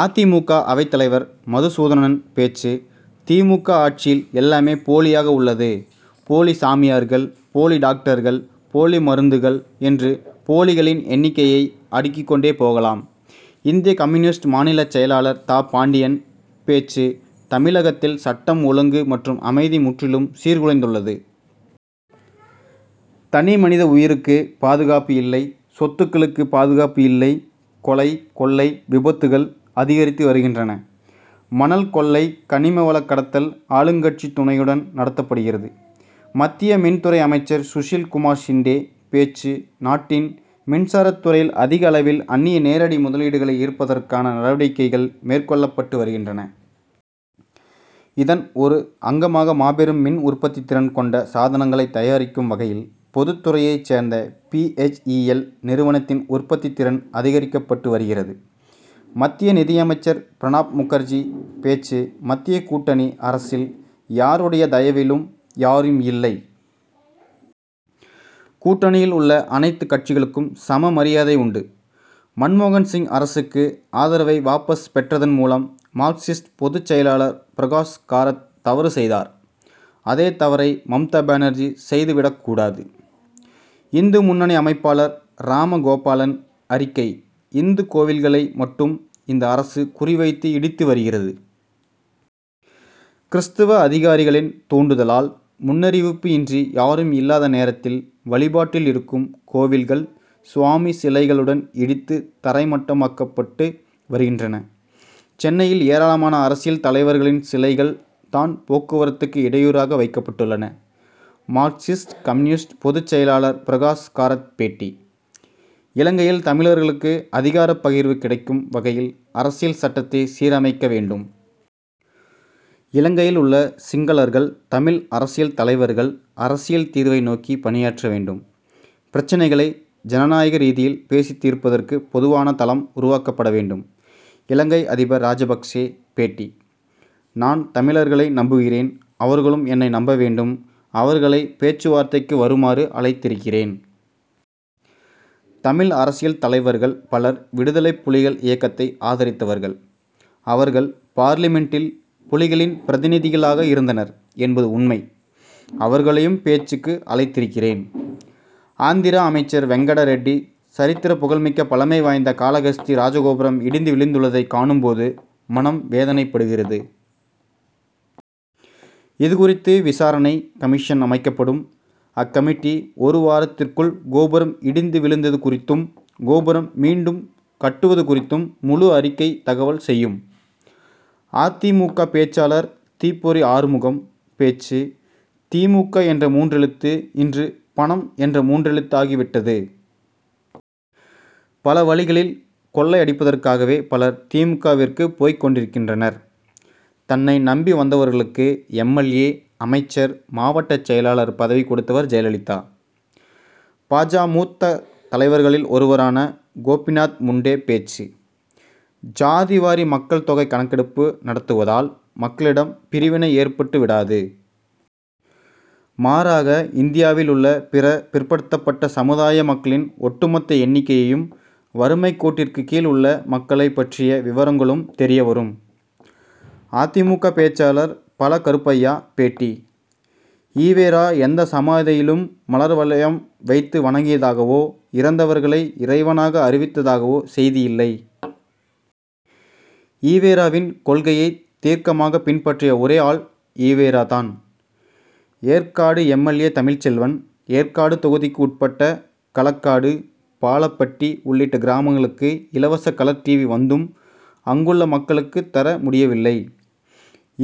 அ. தி. மு. க. அவைத் தலைவர் மதுசூதனன் பேச்சு தி. மு. க. ஆட்சியில் எல்லாமே போலியாக உள்ளது. போலி சாமியார்கள் போலி டாக்டர்கள் போலி மருந்துகள் என்று போலிகளின் எண்ணிக்கையை அடுக்கிக் கொண்டே போகலாம். இந்திய கம்யூனிஸ்ட் மாநில செயலர் தா. பாண்டியன் பேச்சு தமிழகத்தில் சட்டம் ஒழுங்கு மற்றும் அமைதி முற்றிலும் சீர்குலைந்துள்ளது. தனி மனித உயிருக்கு பாதுகாப்பு இல்லை சொத்துகளுக்கு பாதுகாப்பு இல்லை. கொலை கொள்ளை விபத்துகள் அதிகரித்து வருகின்றன. மணல் கொள்ளை கனிம வள கடத்தல் ஆளுங்கட்சி துணையுடன் நடத்தப்படுகிறது. மத்திய மின் துறை அமைச்சர் சுஷில்குமார் ஷிண்டே பேச்சு நாட்டின் மின்சாரத் துறையில் அதிக அளவில் அன்னிய நேரடி முதலீடுகளை ஈர்ப்பதற்கான நடவடிக்கைகள் மேற்கொள்ளப்பட்டு வருகின்றன. இதன் ஒரு அங்கமாக மாபெரும் மின் உற்பத்தி திறன் கொண்ட சாதனங்களை தயாரிக்கும் வகையில் பொதுத் துறையைச் சேர்ந்த பி. எச். இ. எல். நிறுவனத்தின் உற்பத்தி திறன் அதிகரிக்கப்பட்டு வருகிறது. மத்திய நிதியமைச்சர் பிரணாப் முகர்ஜி பேச்சு மத்திய கூட்டணி அரசில் யாருடைய தயவிலும் யாரும் இல்லை. கூட்டணியில் உள்ள அனைத்து கட்சிகளுக்கும் சம மரியாதை உண்டு. மன்மோகன் சிங் அரசுக்கு ஆதரவை வாபஸ் பெற்றதன் மூலம் மார்க்சிஸ்ட் பொதுச் செயலர் பிரகாஷ் கராத் தவறு செய்தார். அதே தவறை மம்தா பானர்ஜி செய்து விடக் கூடாது. இந்து முன்னணி அமைப்பாளர் ராம. கோபாலன் அறிக்கை இந்து கோவில்களை மட்டும் இந்த அரசு குறி வைத்து இடித்து வருகிறது. கிறிஸ்தவ அதிகாரிகளின் தூண்டுதலால் முன்னறிவிப்பு இன்றி யாரும் இல்லாத நேரத்தில் வழிபாட்டில் இருக்கும் கோவில்கள் சுவாமி சிலைகளுடன் இடித்து தரைமட்டமாக்கப்பட்டு வருகின்றன. சென்னையில் ஏராளமான அரசியல் தலைவர்களின் சிலைகள் தான் போக்குவரத்துக்கு இடையூறாக வைக்கப்பட்டுள்ளன. மார்க்சிஸ்ட் கம்யூனிஸ்ட் பொதுச் செயலர் பிரகாஷ் கராத் பேட்டி இலங்கையில் தமிழர்களுக்கு அதிகாரப் பகிர்வு கிடைக்கும் வகையில் அரசியல் சட்டத்தை சீரமைக்க வேண்டும். இலங்கையில் உள்ள சிங்களர்கள் தமிழ் அரசியல் தலைவர்கள் அரசியல் தீர்வை நோக்கி பணியாற்ற வேண்டும். பிரச்னைகளை ஜனநாயக ரீதியில் பேசித் தீர்ப்பதற்கு பொதுவான தளம் உருவாக்கப்பட வேண்டும். இலங்கை அதிபர் ராஜபக்ஷே பேட்டி நான் தமிழர்களை நம்புகிறேன் அவர்களும் என்னை நம்ப வேண்டும். அவர்களை பேச்சுவார்த்தைக்கு வருமாறு அழைத்திருக்கிறேன். தமிழ் அரசியல் தலைவர்கள் பலர் விடுதலைப்புலிகள் இயக்கத்தை ஆதரித்தவர்கள். அவர்கள் பார்லிமென்டில் புலிகளின் பிரதிநிதிகளாக இருந்தனர் என்பது உண்மை. அவர்களையும் பேச்சுக்கு அழைத்திருக்கிறேன். ஆந்திரா அமைச்சர் வெங்கட ரெட்டி சரித்திர புகழ்மிக்க பழமை வாய்ந்த காளஹஸ்தி ராஜகோபுரம் இடிந்து விழுந்துள்ளதை காணும் போது மனம் வேதனைப்படுகிறது. இதுகுறித்து விசாரணை கமிஷன் அமைக்கப்படும். அக்கமிட்டி ஒரு வாரத்திற்குள் கோபுரம் இடிந்து விழுந்தது குறித்தும் கோபுரம் மீண்டும் கட்டுவது குறித்தும் முழு அறிக்கை தாக்கல் செய்யும். அ. தி. மு. க. பேச்சாளர் தீப்பொறி ஆறுமுகம் பேச்சு தி. மு. க. என்ற மூன்றெழுத்து இன்று பணம் என்ற மூன்றெழுத்தாகி விட்டது. பல வழிகளில் கொள்ளை அடிப்பதற்காகவே பலர் தி. மு. க.விற்கு போய் கொண்டிருக்கின்றனர். தன்னை நம்பி வந்தவர்களுக்கு எம். எல். ஏ. அமைச்சர் மாவட்ட செயலர் பதவி கொடுத்தவர் ஜெயலலிதா. பா. ஜ. மூத்த தலைவர்களில் ஒருவரான கோபிநாத் முண்டே பேச்சு ஜாதி வாரி மக்கள் தொகை கணக்கெடுப்பு நடத்துவதால் மக்களிடம் பிரிவினை ஏற்பட்டு விடாது. மாறாக இந்தியாவில் உள்ள பிற பிற்படுத்தப்பட்ட சமுதாய மக்களின் ஒட்டுமொத்த எண்ணிக்கையும் வறுமைக்கோட்டிற்கு கீழ் உள்ள மக்களை பற்றிய விவரங்களும் தெரிய வரும். அ. தி. மு. க. பேச்சாளர் பழ. கருப்பையா பேட்டி ஈ. வெ. ரா. எந்தச் சமாதியிலும் மலர் வளையம் வைத்து வணங்கியதாகவோ இறந்தவர்களை இறைவனாக அறிவித்ததாகவோ செய்தியில்லை. ஈ. வெ. ரா.வின் கொள்கையைத் தீர்க்கமாகப் பின்பற்றிய ஒரே ஆள் ஈ. வெ. ரா. தான். Yercaud M. L. A. Tamilselvan Yercaud தொகுதிக்கு உட்பட்ட களக்காடு பாலப்பட்டி உள்ளிட்ட கிராமங்களுக்கு இலவச கலர் டிவி' வந்தும் அங்குள்ள மக்களுக்கு தர முடியவில்லை.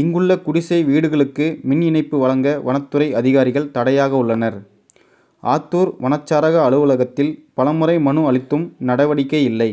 இங்குள்ள குடிசை வீடுகளுக்கு மின் இணைப்பு வழங்க வனத்துறை அதிகாரிகள் தடையாக உள்ளனர். ஆத்தூர் வனச்சரக அலுவலகத்தில் பலமுறை மனு அளித்தும் நடவடிக்கை இல்லை.